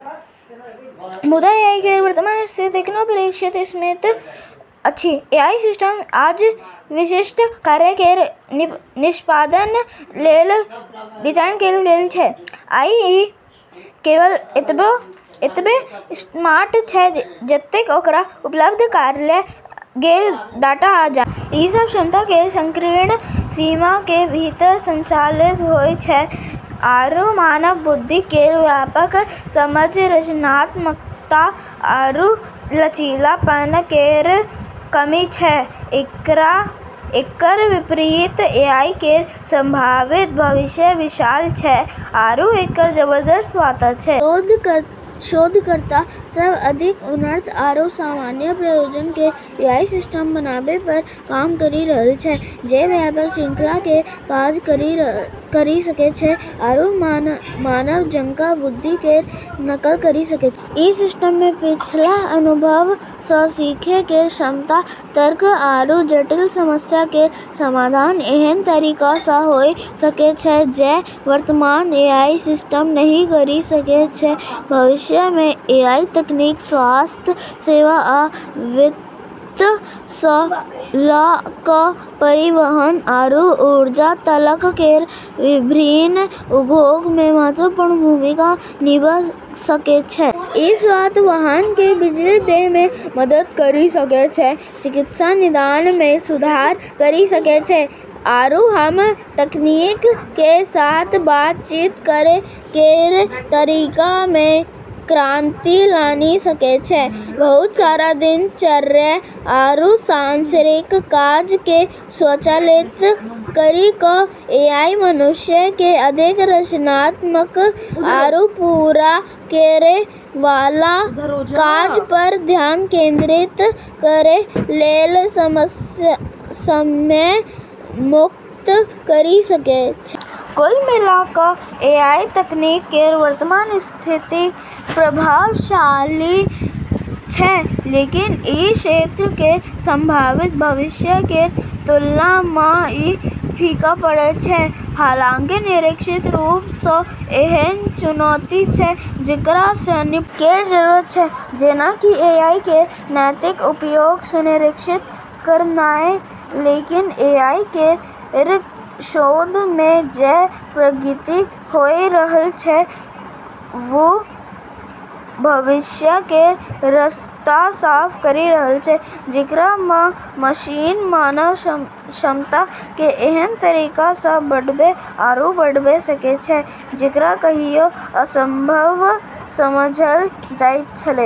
मुदा, एआई केर वर्तमान स्थिति एखनो अपेक्षाकृत सीमित अछि। एआई सिस्टम आज विशिष्ट कार्य केर निष्पादन लेल डिजाइन कएल गेल छै, आ ई केवल ओतबे स्मार्ट छै जतेक ओकरा उपलब्ध कराएल गेल डेटा आ जानकारी। ई सब क्षमता केर संकीर्ण सीमा के भीतर संचालित होय छै आरू मानव बुद्धि केर व्यापक समझ, रचनात्मकता आरू लचीलापन केर कमी छै। एकर विपरीत एआई केर संभावित भविष्य विशाल छै आरू एकर जबरदस्त वादा छै। शोधकर्ता सब अधिक उन्नत आरू सामान्य प्रयोजन केर एआई सिस्टम बनाबै पर काम करी रहल छै जे व्यापक श्रृंखला केर काज करी सकै छै आरू मानव जकाँ बुद्धि केर नकल करी सकै छै। ई सिस्टम मे पिछला अनुभव सँ सीखै केर क्षमता, तर्क आरू जटिल समस्या केर समाधान एहन तरीका सँ होय सकै छै जे वर्तमान एआई सिस्टम नहि करी सकै छै। भविष्य मे एआई तकनीक स्वास्थ्य सेवा आ वित्त सँ लऽ कऽ परिवहन आरू ऊर्जा तलक केर विभिन्न उद्योग मे महत्वपूर्ण भूमिका निभा सकै छै। ई स्वायत्त वाहन केँ बिजली दै मे मदद करी सकै छै, चिकित्सा निदान मे सुधार करी सकै छै, आरू हम्मं तकनीक के साथ बातचीत करै केर तरीका मे क्रांति लानी सकै छै। बहुत सारा दिनचर्या आरू सांसारिक काज केँ स्वचालित करी कऽ एआई मनुष्य केँ अधिक रचनात्मक आरू पूरा करै वाला काज पर ध्यान केंद्रित करै लेल समय मुक्त करी सकै छै। कुल मिला कऽ एआई तकनीक केर वर्तमान स्थिति प्रभावशाली छै, लेकिन ई क्षेत्र केर संभावित भविष्य केर तुलना मँ ई फीका पड़ै छै। हालांकि निश्चित रूप सँ एहन चुनौती छै जेकरा सँ निपटै केर जरूरत छै, जेना कि एआई केर नैतिक उपयोग सुनिश्चित करनाय, लेकिन एआई केर शोध मे जे प्रगति होय रहल छै, वू भविष्य केर रास्ता साफ करी रहल छै, जेकरा मँ मशीन मानव क्षमता केँ एहन तरीका सँ बढ़ाबै आरू बढ़ाबै सकै छै जेकरा कहियो असंभव समझल जाइत छेलै।